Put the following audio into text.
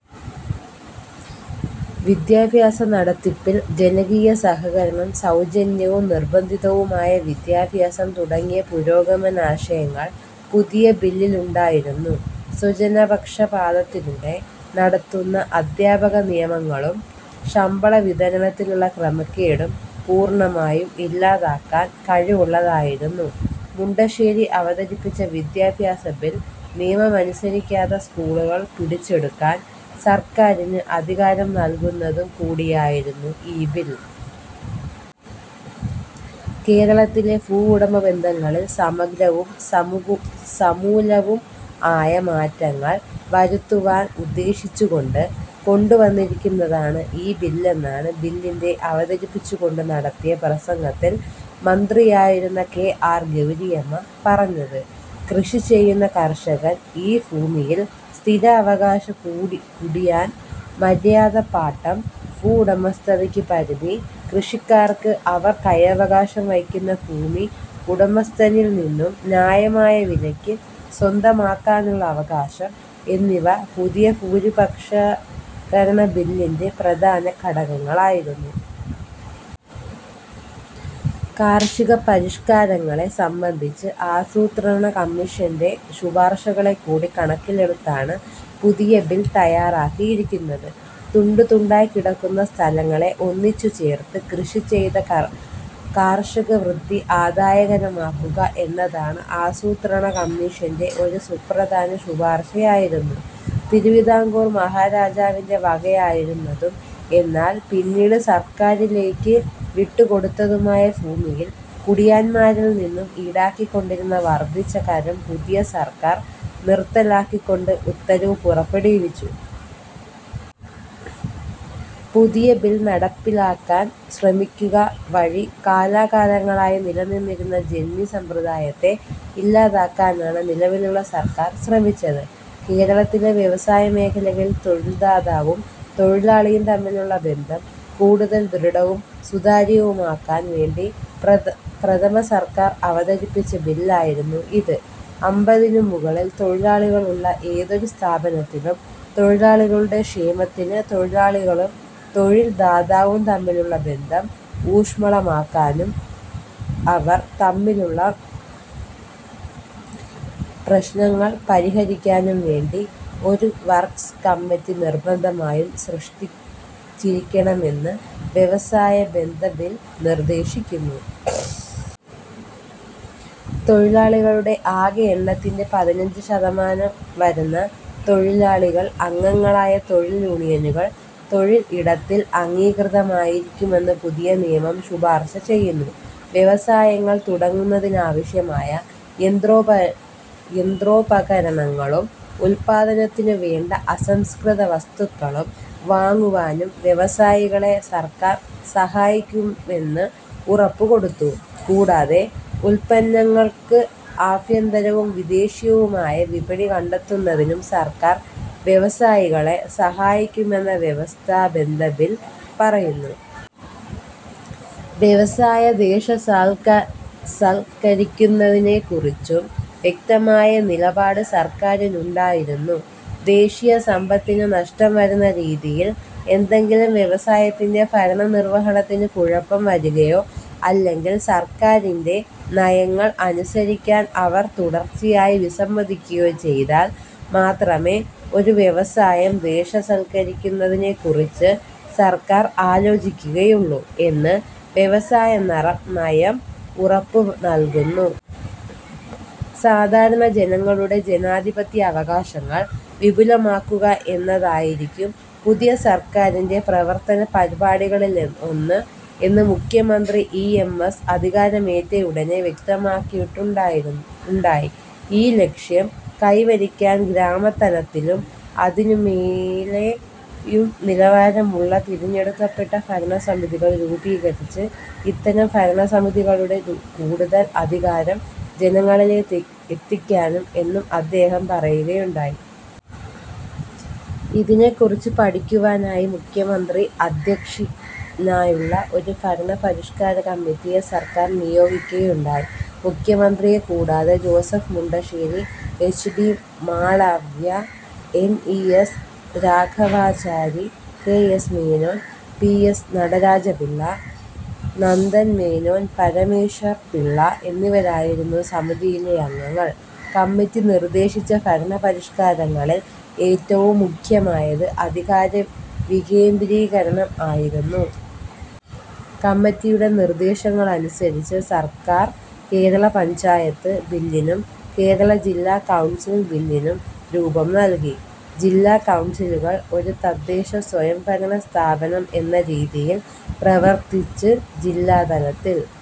വിദ്യാഭ്യാസ നടത്തിപ്പിൽ ജനകീയ സഹകരണം, സൗജന്യവും നിർബന്ധിതവുമായ വിദ്യാഭ്യാസം തുടങ്ങിയ പുരോഗമനാശയങ്ങൾ പുതിയ ബില്ലിലുണ്ടായിരുന്നു. സ്വജനപക്ഷപാതത്തിലൂടെ നടത്തുന്ന അദ്ധ്യാപകനിയമനങ്ങളും, ശമ്പള വിതരണത്തിലുള്ള ക്രമക്കേടുകളും പൂർണ്ണമായും ഇല്ലാതാക്കാൻ കഴിവുള്ളതായിരുന്നു മുണ്ടശ്ശേരി അവതരിപ്പിച്ച വിദ്യാഭ്യാസ ബിൽ. നിയമമനുസരിക്കാത്ത സ്കൂളുകൾ പിടിച്ചെടുക്കാൻ സർക്കാരിന് അധികാരം നൽകുന്നതു കൂടിയായിരുന്നു ഈ ബിൽ. കേരളത്തിലെ ഭൂവുടമ ബന്ധങ്ങളിൽ സമഗ്രവും, സമൂലവും ആയ മാറ്റങ്ങൾ വരുത്തുവാൻ ഉദ്ദേശിച്ചുകൊണ്ട് കൊണ്ടുവന്നിരിക്കുന്നതാണ് ഈ ബില്ലെന്നാണ് ബില്ലിന്റെ അവതരിപ്പിച്ചുകൊണ്ട് നടത്തിയ പ്രസംഗത്തിൽ മന്ത്രിയായിരുന്ന കെ. ആർ. ഗൗരിയമ്മ പറഞ്ഞത്. കൃഷി ചെയ്യുന്ന കർഷകന് ആ ഭൂമിയിൽ സ്ഥിരാവകാശം, കുടിയാന് മര്യാദപ്പാട്ടം, ഭൂവുടമസ്ഥതയ്ക്ക് പരിധി, കൃഷിക്കാർക്ക് അവർ കൈവശം വയ്ക്കുന്ന ഭൂമി ഉടമസ്ഥനിൽ നിന്നും ന്യായമായ വിലയ്ക്ക് സ്വന്തമാക്കാനുള്ള അവകാശം എന്നിവ പുതിയ ഭൂരിപഷ്കരണബില്ലിന്റെ പ്രധാന ഘടകങ്ങളായിരുന്നു. കാർഷിക പരിഷ്കാരങ്ങളെ സംബന്ധിച്ച് ആസൂത്രണ കമ്മീഷന്റെ ശുപാർശകളെകൂടി കണക്കിലെടുത്താണ് പുതിയ ബിൽ തയ്യാറാക്കിയിരിക്കുന്നത്. തുണ്ടു തുണ്ടായി കിടക്കുന്ന സ്ഥലങ്ങളെ ഒന്നിച്ചുചേർത്ത് കൃഷിചെയ്ത് കർഷകവൃത്തി ആദായകരമാക്കുക എന്നത് ആസൂത്രണ കമ്മീഷന്റെ ഒരു സുപ്രധാന ശുപാർശയായിരുന്നു. തിരുവിതാംകൂർ മഹാരാജാവിന്റെ വകയായിരുന്നതും എന്നാൽ പിന്നീട് സർക്കാരിലേക്കു വിട്ടുകൊടുത്തതുമായ ഭൂമിയിൽ കുടിയാന്മാരിൽ നിന്നും ഈടാക്കിക്കൊണ്ടിരുന്ന വർദ്ധിച്ച കരം പുതിയ സർക്കാർ നിറുത്തലാക്കിക്കൊണ്ട് ഉത്തരവ് പുറപ്പെടുവിച്ചു. പുതിയ ബിൽ നടപ്പിലാക്കാൻ ശ്രമിക്കുക വഴി കാലാകാലങ്ങളായി നിലനിന്നിരുന്ന ജന്മി സമ്പ്രദായത്തെ ഇല്ലാതാക്കാനാണ് നിലവിലുള്ള സർക്കാർ ശ്രമിച്ചത്. കേരളത്തിലെ വ്യവസായമേഖലയിൽ തൊഴിൽ ദാതാവും, തൊഴിലാളിയും തമ്മിലുള്ള ബന്ധം കൂടുതൽ ദൃഢവും, സുതാര്യവും ആക്കാൻ വേണ്ടി പ്രഥമ സർക്കാർ അവതരിപ്പിച്ച ബിൽ ആയിരുന്നു ഇത്. അമ്പതിനു മുകളിൽ തൊഴിലാളികളുള്ള ഏതൊരു സ്ഥാപനത്തിലും, തൊഴിലാളികളുടെ ക്ഷേമത്തിനു, തൊഴിലാളികളും, തൊഴിൽ ദാതാവും തമ്മിലുള്ള ബന്ധം ഊഷ്മളമാക്കാനും, അവർ തമ്മിലുള്ള പ്രശ്നങ്ങൾ പരിഹരിക്കാനും വേണ്ടി ഒരു വർക്സ് കമ്മിറ്റി നിർബന്ധമായും സൃഷ്ടിച്ചിരിക്കണമെന്ന് വ്യവസായ ബന്ധ ബിൽ നിർദ്ദേശിക്കുന്നു. തൊഴിലാളികളുടെ ആകെ എണ്ണത്തിന്റെ പതിനഞ്ച് ശതമാനം വരുന്ന തൊഴിലാളികൾ അംഗങ്ങളായ തൊഴിലാളി യൂണിയനുകൾ തൊഴിൽ ഇടത്തിൽ അംഗീകൃതമായിരിക്കുമെന്ന് പുതിയ നിയമം ശുപാർശ ചെയ്യുന്നു. വ്യവസായങ്ങൾ തുടങ്ങുന്നതിനാവശ്യമായ യന്ത്രോപകരണങ്ങളും, ഉത്പാദനത്തിനുവേണ്ട അസംസ്കൃതവസ്തുക്കളും വാങ്ങുവാനും വ്യവസായികളെ സർക്കാർ സഹായിക്കുന്നമെന്ന് ഉറപ്പുകൊടുത്തു. കൂടാതെ, ഉത്പന്നങ്ങൾക്ക് ആഭ്യന്തരവും, വിദേശീയവുമായ വിപണി കണ്ടെത്തുന്നതിനും സർക്കാർ വ്യവസായികളെ സഹായിക്കുമെന്നും വ്യവസായ ബന്ധ ബില്ലിൽ പറയുന്നു. വ്യവസായം ദേശസാത്കരിക്കുന്നതിനെക്കുറിച്ചും വ്യക്തമായ നിലപാട് സർക്കാരിനുണ്ടായിരുന്നു. ദേശീയ സമ്പത്തിന് നഷ്ടം വരുന്ന രീതിയിൽ ഏതെങ്കിലും വ്യവസായത്തിന്റെ ഭരണനിർവ്വഹണത്തിൽ കുഴപ്പം വരുകയോ, അല്ലെങ്കിൽ സർക്കാരിന്റെ നയങ്ങൾ അനുസരിക്കാൻ അവർ തുടർച്ചയായി വിസമ്മതിക്കുകയോ ചെയ്താൽ മാത്രമേ ഒരു വ്യവസായം ദേശസാത്കരിക്കുന്നതിനെക്കുറിച്ച് സർക്കാർ ആലോചിക്കുകയുള്ളു എന്ന് വ്യവസായ നയം ഉറപ്പു നൽകുന്നു. സാധാരണ ജനങ്ങളുടെ ജനാധിപത്യ അവകാശങ്ങൾ വിപുലമാക്കുക എന്നതായിരിക്കും പുതിയ സർക്കാരിന്റെ പ്രവർത്തന പരിപാടികളിലൊന്ന് എന്ന് മുഖ്യമന്ത്രി ഇ. എം. എസ്സ് അധികാരമേറ്റയുടനെ വ്യക്തമാക്കുകയുണ്ടായി. ഈ ലക്ഷ്യം കൈവരിക്കാൻ ഗ്രാമതലത്തിലും, അതിനുമേലെയും നിലവാരമുള്ള തിരഞ്ഞെടുക്കപ്പെട്ട ഭരണസമിതികൾ രൂപീകരിച്ച്, ഇത്തരം ഭരണസമിതികളിലൂടെ കൂടുതൽ അധികാരം ജനങ്ങളിലേക്കെത്തിക്കും എന്നും അദ്ദേഹം പറയുകയുണ്ടായി. ഇതിനെക്കുറിച്ചു പഠിക്കുവാനായി മുഖ്യമന്ത്രി അദ്ധ്യക്ഷനായുള്ള ഒരു ഭരണപരിഷ്കാര കമ്മിറ്റിയെ സർക്കാർ നിയോഗിക്കുകയുണ്ടായി. മുഖ്യമന്ത്രിയെക്കൂടാതെ Joseph Mundassery, H. D. Malaviya, N. E. S. Raghavachari, K. S. Menon, P. S. Nataraja Pillai, Nandan Menon, Parameswaran Pillai എന്നിവരായിരുന്നു സമിതിയിലെ അംഗങ്ങൾ. കമ്മിറ്റി നിർദ്ദേശിച്ച ഭരണപരിഷ്കാരങ്ങളിൽ ഏറ്റവും മുഖ്യമായത് അധികാര വികേന്ദ്രീകരണം ആയിരുന്നു. കമ്മിറ്റിയുടെ നിർദ്ദേശങ്ങളനുസരിച്ച് സർക്കാർ, കേരള പഞ്ചായത്ത് ബില്ലിനും, കേരള ജില്ലാ കൗൺസിൽ ബില്ലിനും രൂപം നൽകി. ജില്ലാ കൗൺസിലുകൾ ഒരു തദ്ദേശസ്വയം ഭരണ സ്ഥാപനം എന്ന രീതിയിൽ പ്രവർത്തിച്ച് ജില്ലാ തലത്തിൽ